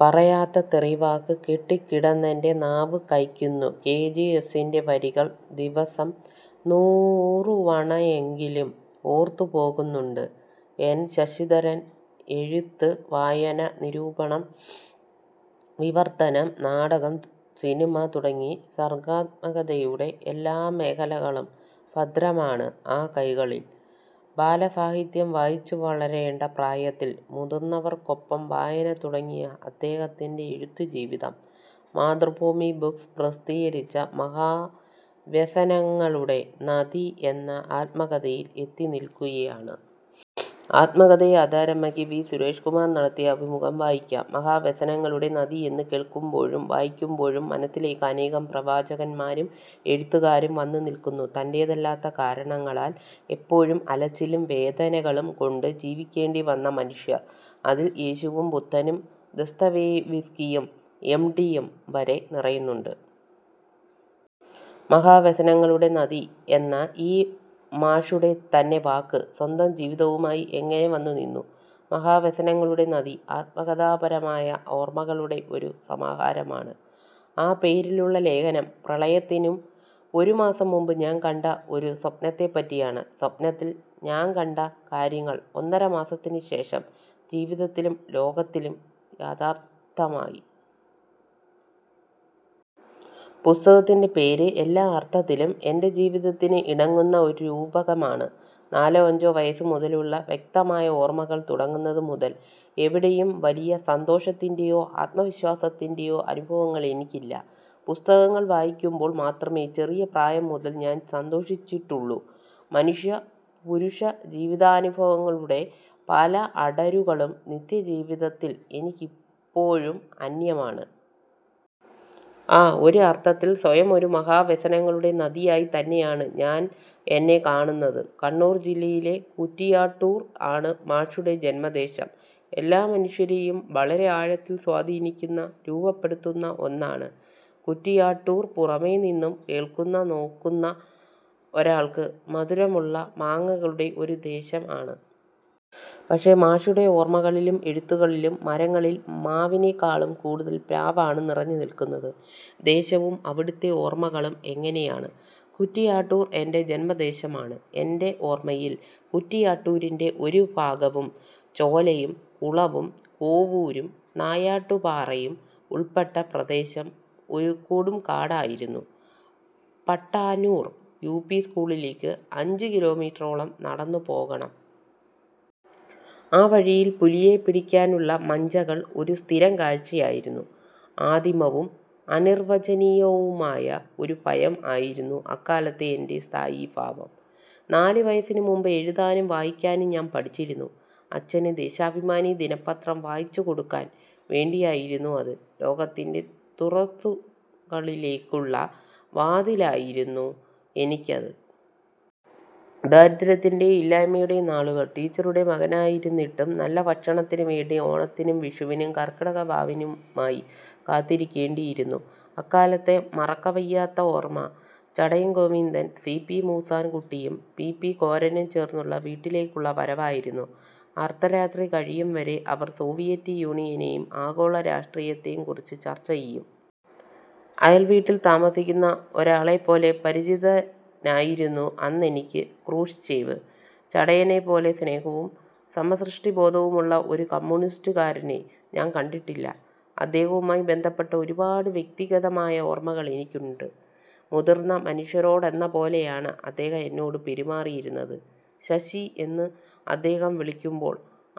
പറയാത്ത തെറി വാക്ക് കെട്ടിക്കിടന്നെൻ്റെ നാവു കയ്ക്കുന്നു 'കെ. ജി. എസ്സിൻ്റെ വരികൾ ദിവസം നൂറുവണയെങ്കിലും ഓർത്തുപോകുന്നുണ്ട് എൻ. ശശിധരൻ. എഴുത്ത്, വായന, നിരൂപണം, വിവർത്തനം, നാടകം, സിനിമ തുടങ്ങി സർഗാത്മകതയുടെ എല്ലാമേഖലകളും ഭദ്രമാണ് ആ കൈകകളിൽ. ബാലസാഹിത്യം വായിച്ചുവളരേണ്ട പ്രായത്തിൽ മുതിർന്നവർക്കൊപ്പം വായന തുടങ്ങിയ അദ്ദേഹത്തിൻ്റെ എഴുത്തുജീവിതം മാതൃഭൂമി ബുക്സ് പ്രസിദ്ധീകരിച്ച മഹാവ്യസനങ്ങളുടെ നദി എന്ന ആത്മകഥയിൽ എത്തിനിൽക്കുകയാണ്. ആത്മകഥയെ ആധാരമാക്കി വി. സുരേഷ് കുമാർ നടത്തിയ അഭിമുഖം വായിക്കാം. മഹാവ്യസനങ്ങളുടെ നദി എന്നു കേൾക്കുമ്പോഴും വായിക്കുമ്പോഴും മനസ്സിലേക്ക് അനേകം പ്രവാചകന്മാരും, എഴുത്തുകാരും വന്നു നിൽക്കുന്നു. തൻ്റേതല്ലാത്ത കാരണങ്ങളാൽ എപ്പോഴും അലച്ചിലും വേദനകളും കൊണ്ട് ജീവിക്കേണ്ടി വന്ന മനുഷ്യർ അതിൽ യേശുവും ബുദ്ധനും ദസ്തയേവ്‌സ്കിയും എം. ടി യും വരെ നിറയുന്നുണ്ട്. മഹാവ്യസനങ്ങളുടെ നദി എന്ന ഈ മാഷുടെ തന്നെ വാക്ക് സ്വന്തംജീവിതവുമായി എങ്ങനെ വന്നുനിന്നു? മഹാവ്യസനങ്ങളുടെ നദി ആത്മകഥാപരമായ ഓർമകളുടെ ഒരു സമാഹാരമാണ്. ആ പേരിലുള്ള ലേഖനം പ്രളയത്തിനു ഒരു മാസം മുമ്പ് ഞാൻ കണ്ട ഒരു സ്വപ്നത്തെപ്പറ്റിയാണ്. സ്വപ്നത്തിൽ ഞാൻ കണ്ട കാര്യങ്ങൾ ഒന്നര മാസത്തിന് ശേഷം ജീവിതത്തിലും ലോകത്തിലും യാഥാർത്ഥമായി. പുസ്തകത്തിൻ്റെ പേര് എല്ലാ അർത്ഥത്തിലും എൻ്റെ ജീവിതത്തിന് ഇണങ്ങുന്ന ഒരു രൂപകമാണ്. നാലോ അഞ്ചോ വയസ്സ് മുതലുള്ള വ്യക്തമായ ഓർമ്മകൾ തുടങ്ങുന്നത് മുതൽ എവിടെയും വലിയ സന്തോഷത്തിൻ്റെയോ ആത്മവിശ്വാസത്തിൻ്റെയോ അനുഭവങ്ങൾ എനിക്കില്ല. പുസ്തകങ്ങൾ വായിക്കുമ്പോൾ മാത്രമേ ചെറിയ പ്രായം മുതൽ ഞാൻ സന്തോഷിച്ചിട്ടുള്ളൂ 'മനുഷ്യ പുരുഷ ജീവിതാനുഭവങ്ങളുടെ പല അടരുകളും നിത്യജീവിതത്തിൽ എനിക്കിപ്പോഴും അന്യമാണ്. ആ ഒരു അർത്ഥത്തിൽ സ്വയമൊരു മഹാ വ്യസനങ്ങളുടെ നദി ആയി തന്നെയാണ് ഞാൻ എന്നെ കാണുന്നത്. കണ്ണൂർ ജില്ലയിലെ കുറ്റിയാട്ടൂർ ആണ് മാഷുടെ ജന്മദേശം എല്ലാ മനുഷ്യരെയും വളരെ ആഴത്തിൽ സ്വാധീനിക്കുന്ന രൂപപ്പെടുത്തുന്ന ഒന്നാണ്. കുറ്റിയാട്ടൂർ പുറമെ നിന്നും കേൾക്കുന്ന നോക്കുന്ന ഒരാൾക്ക് മധുരമുള്ള മാങ്ങകളുടെ ഒരു ദേശം ആണ്. പക്ഷേ മാഷുടെ ഓർമകളിലും എഴുത്തുകളിലും മരങ്ങളിൽ മാവിനെക്കാളും കൂടുതൽ പ്ലാവ് ആണ് നിറഞ്ഞു നിൽക്കുന്നത്. ദേശവും അവിടുത്തെ ഓർമകളും എങ്ങനെയാണ്? കുറ്റിയാട്ടൂർ എൻ്റെ ജന്മദേശമാണ്. എൻ്റെ ഓർമ്മയിൽ കൂറ്റിയാട്ടൂരിൻ്റെ ഒരു ഭാഗവും ചോലയും കുളവും കോവൂരും നായാട്ടു പാറയും ഉൾപെട്ട പ്രദേശം ഒരു കൊടുംകാടായിരുന്നു. പട്ടാന്നൂർ യുപി സ്ക്കൂളിലേക്ക് അഞ്ച് കിലോമീറ്ററോളം നടന്നു പോകണം. ആ വഴിയിൽ പുലിയെ പിടിക്കാനുള്ള മഞ്ചകൾ ഒരു സ്ഥിരം കാഴ്ചയായിരുന്നു. ആദിമവും അനിർവ്വചനീയവുമായ ഒരു ഭയം ആയിരുന്നു അക്കാലത്തെ എൻ്റെ സ്ഥായീഭാവം. നാല് വയസ്സിന് മുമ്പ് എഴുതാനും വായിക്കാനും ഞാൻ പഠിച്ചിരുന്നു. അച്ഛന് ദേശാഭിമാനി ദിനപത്രം വായിച്ചു കൊടുക്കാൻ വേണ്ടിയായിരുന്നു അത്. ലോകത്തിൻ്റെ തുറസ്സുകളിലേക്കുള്ള വാതിലായിരുന്നു എനിക്കത്. ദാരിദ്ര്യത്തിൻ്റെയും ഇല്ലായ്മയുടെയും നാളുകൾ. ടീച്ചറുടെ മകനായിരുന്നിട്ടും നല്ല ഭക്ഷണത്തിന് വേണ്ടി ഓണത്തിനും വിഷുവിനും കര്ക്കിടക വാവിനുമായി കാത്തിരിക്കേണ്ടിയിരുന്നു 'അക്കാലത്തെ മറക്കവയ്യാത്ത ഓര്മ്മ ചടയൻ ഗോവിന്ദൻ സി. പി മൂസാൻ കുട്ടിയും പി. പി. കോരനും ചേർന്നുള്ള വീട്ടിലേക്കുള്ള വരവായിരുന്നു. അർദ്ധരാത്രി കഴിയുംവരെ അവർ സോവിയറ്റ് യൂനിയനെയും ആഗോള രാഷ്ട്രീയത്തേയും കുറിച്ച് ചർച്ച ചെയ്യും. അയൽ വീട്ടിൽ താമസിക്കുന്ന ഒരാളെപ്പോലെ പരിചിതനായിരുന്നു അന്നെനിക്ക് ക്രൂഷ്ചേവ്, ചടയനെപ്പോലെ സ്നേഹവും സമസൃഷ്ടി ബോധവുമുള്ള ഒരു കമ്യൂണിസ്റ്റുകാരനെ ഞാൻ കണ്ടിട്ടില്ല. അദ്ദേഹവുമായി ബന്ധപ്പെട്ട ഒരുപാട് വ്യക്തിഗതമായ ഓർമ്മകൾ എനിക്കുണ്ട്. മുതിർന്ന മനുഷ്യരോടെന്ന പോലെയാണ് അദ്ദേഹം എന്നോട് പെരുമാറിയിരുന്നത്. ശശീ എന്ന് അദ്ദേഹം വിളിക്കുമ്പോൾ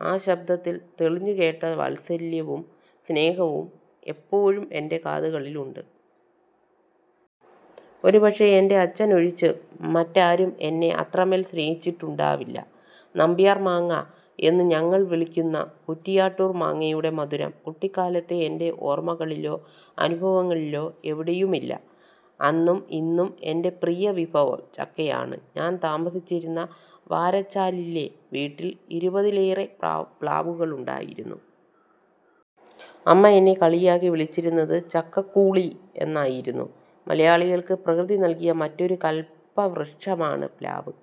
ആ ശബ്ദത്തിൽ തെളിഞ്ഞുകേട്ട വാസല്യവും സ്നേഹവും ഇപ്പോഴും എൻ്റെ കാതുകളിലുണ്ട്. ഒരു പക്ഷേ എൻ്റെ അച്ഛനൊഴിച്ച് മറ്റാരും എന്നെ അത്രമേൽ സ്നേഹിച്ചിട്ടുണ്ടാവില്ല. നമ്പ്യാർ മാങ്ങ എന്ന് ഞങ്ങൾ വിളിക്കുന്ന കുറ്റിയാട്ടൂർ മാങ്ങയുടെ മധുരം കുട്ടിക്കാലത്തെ എൻ്റെ ഓർമ്മകളിലോ അനുഭവങ്ങളിലോ എവിടെയുമില്ല. അന്നും ഇന്നും എൻ്റെ പ്രിയ വിഭവം ചക്കയാണ്. ഞാൻ താമസിച്ചിരുന്ന വാരച്ചാലിലെ വീട്ടിൽ ഇരുപതിലേറെ പ്ലാവുകളുണ്ടായിരുന്നു. അമ്മ എന്നെ കളിയാക്കി വിളിച്ചിരുന്നത് ചക്കക്കൂളി എന്നായിരുന്നു. മലയാളികൾക്ക് പ്രകൃതി നൽകിയ മറ്റൊരു കൽപവൃക്ഷമാണ് പ്ലാവ്.